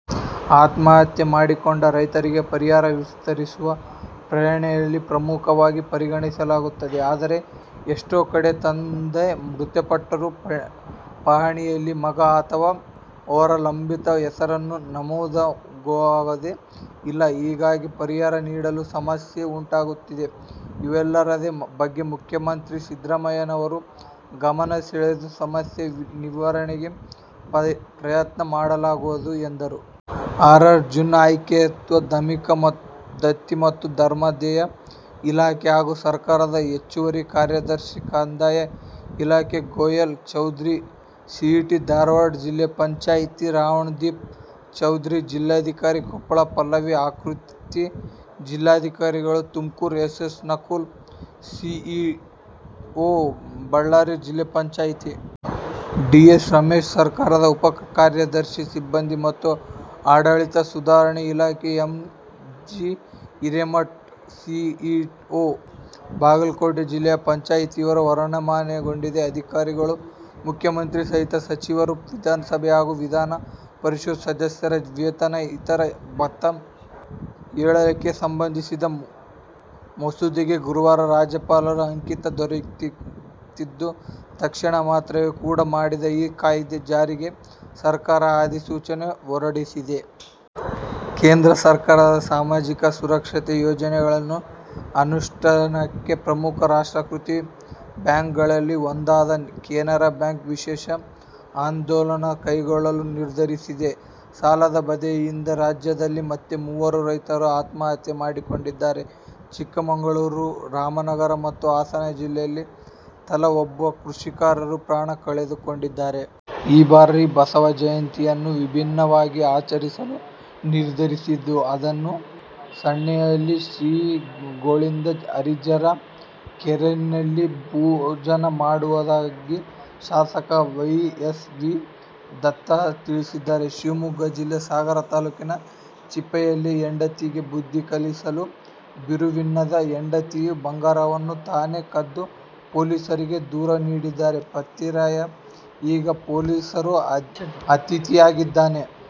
ಆತ್ಮಹತ್ಯೆ ಮಾಡಿಕೊಂಡ ರೈತರಿಗೆ ಪರಿಹಾರ ವಿತರಿಸುವಾಗ ಪಹಣಿಯನ್ನು ಪ್ರಮುಖವಾಗಿ ಪರಿಗಣಿಸಲಾಗುತ್ತದೆ. ಆದರೆ, ಎಷ್ಟೋ ಕಡೆ ತಂದೆ ಮೃತಪಟ್ಟಾಗ ಪಹಣಿಯಲ್ಲಿ ಮಗ ಅಥವಾ ಅವಲಂಬಿತರ ಹೆಸರು ನಮೂದಾಗಿರುವುದೇ ಇಲ್ಲ. ಹೀಗಾಗಿ ಪರಿಹಾರ ನೀಡಲು ಸಮಸ್ಯೆ ಉಂಟಾಗುತ್ತಿದೆ. ಇವೆಲ್ಲದರ ಬಗ್ಗೆ ಮುಖ್ಯಮಂತ್ರಿ ಸಿದ್ದರಾಮಯ್ಯನವರ ಗಮನ ಸೆಳೆದು ಸಮಸ್ಯೆ ನಿವಾರಣೆಗೆ ಪ್ರಯತ್ನ ಮಾಡಲಾಗುವುದು ಎಂದರು. ಆರ್. ಆರ್. ಜನ್ನು- ಆಯುಕ್ತರು, ಧಾರ್ಮಿಕ ದತ್ತಿ ಮತ್ತು ಧರ್ಮಾದಾಯ ಇಲಾಖೆ ಹಾಗೂ ಸರ್ಕಾರದ ಹೆಚ್ಚುವರಿ ಕಾರ್ಯದರ್ಶಿ, ಕಂದಾಯ ಇಲಾಖೆ. ಗೊಯಲ್ ಚೌಧರಿ- ಸಿಇಓ, ಧಾರವಾಡ ಜಿಲ್ಲಾ ಪಂಚಾಯತಿ. ರಮಣದೀಪ್ ಚೌಧರಿ- ಜಿಲ್ಲಾಧಿಕಾರಿ, ಕೊಪ್ಪಳ. ಪಲ್ಲವಿ ಆಕೃತಿ- ಜಿಲ್ಲಾಧಿಕಾರಿ, Tumakuru. S. S. Nakul- CEO, Ballari ಜಿಲ್ಲಾ ಪಂಚಾಯತಿ. ಡಿ. ಎಸ್. ರಮೇಶ್- ಸರ್ಕಾರದ ಉಪ ಕಾರ್ಯದರ್ಶಿ, ಸಿಬ್ಬಂದಿ ಮತ್ತು ಆಡಳಿತ ಸುಧಾರಣೆ ಇಲಾಖೆ. M. G. Hiremath- CEO, Bagalkot ಜಿಲ್ಲಾ ಪಂಚಾಯತಿ, ಇವರು ವರ್ಗಾವಣೆಗೊಂಡ ಅಧಿಕಾರಿಗಳು. ಮುಖ್ಯಮಂತ್ರಿ ಸಹಿತ ಸಚಿವರು, ವಿಧಾನಸಭೆ ಹಾಗೂ ವಿಧಾನ ಪರಿಷತ್ ಸದಸ್ಯರ ವೇತನ, ಇತರ ಭತ್ತೆ ಹೆಚ್ಚಳಕ್ಕೆ ಸಂಬಂಧಿಸಿದ ಮಸೂದೆಗೆ ಗುರುವಾರ ರಾಜ್ಯಪಾಲರ ಅಂಕಿತ ದೊರಕಿದ್ದು, ಕ್ಷಣ ಮಾತ್ರವೂ ತಡ ಮಾಡದೆ ಈ ಕಾಯ್ದೆ ಜಾರಿಗೆ ಸರಕಾರ ಅಧಿಸೂಚನೆ ಹೊರಡಿಸಿದೆ. ಕೇಂದ್ರ ಸರ್ಕಾರದ ಸಾಮಾಜಿಕ ಸುರಕ್ಷತಾ ಯೋಜನೆಗಳ ಅನುಷ್ಠಾನಕ್ಕೆ ಪ್ರಮುಖ ರಾಷ್ಟ್ರೀಕೃತ ಬ್ಯಾಂಕ್ಗಳಲ್ಲಿ ಒಂದಾದ ಕೆನರಾ ಬ್ಯಾಂಕ್ ವಿಶೇಷ ಆಂದೋಲನ ಕೈಗೊಳ್ಳಲು ನಿರ್ಧರಿಸಿದೆ. ಸಾಲದ ಬಾಧೆಯಿಂದ ರಾಜ್ಯದಲ್ಲಿ ಮತ್ತೆ ಮೂವರು ರೈತರು ಆತ್ಮಹತ್ಯೆ ಮಾಡಿಕೊಂಡಿದ್ದಾರೆ. ಚಿಕ್ಕಮಗಳೂರು, ರಾಮನಗರ ಹಾಗೂ ಹಾಸನ ಜಿಲ್ಲೆಗಳಲ್ಲಿ ತಲಾ ಒಬ್ಬ ಕೃಷಿಕರು ಪ್ರಾಣ ಕಳೆದುಕೊಂಡಿದ್ದಾರೆ. ಈ ಬಾರಿಯ ಬಸವ ಜಯಂತಿ ಯನ್ನು ವಿಭಿನ್ನವಾಗಿ ಆಚರಿಸಲು ನಿರ್ಧರಿಸಿದ್ದು, ಅಂದು ಸಾಣೇಹಳ್ಳಿ ಶ್ರೀಗಳೊಂದಿಗೆ ಹರಿಜನ ಕೇರಿಯಲ್ಲಿ ಭೋಜನ ಮಾಡುವುದಾಗಿ ಶಾಸಕ ವೈ. ಎಸ್. ವಿ. ದತ್ತ ತಿಳಿಸಿದರು. ಶಿವಮೊಗ್ಗ ಜಿಲ್ಲೆ ಸಾಗರ ತಾಲೂಕಿನ ಚಿಪ್ಳಿಯಲ್ಲಿ ಹೆಂಡತಿಗೆ ಬುದ್ಧಿ ಕಲಿಸಲು ಬೀರುವಿನಲ್ಲಿದ್ದ ಹೆಂಡತಿಯ ಬಂಗಾರವನ್ನು ತಾನೇ ಕದ್ದು, ಪೊಲೀಸರಿಗೆ ದೂರು ನೀಡಿದ್ದ ಪತಿರಾಯ ಈಗ ಪೊಲೀಸರ ಅತಿಥಿಯಾಗಿದ್ದಾನೆ.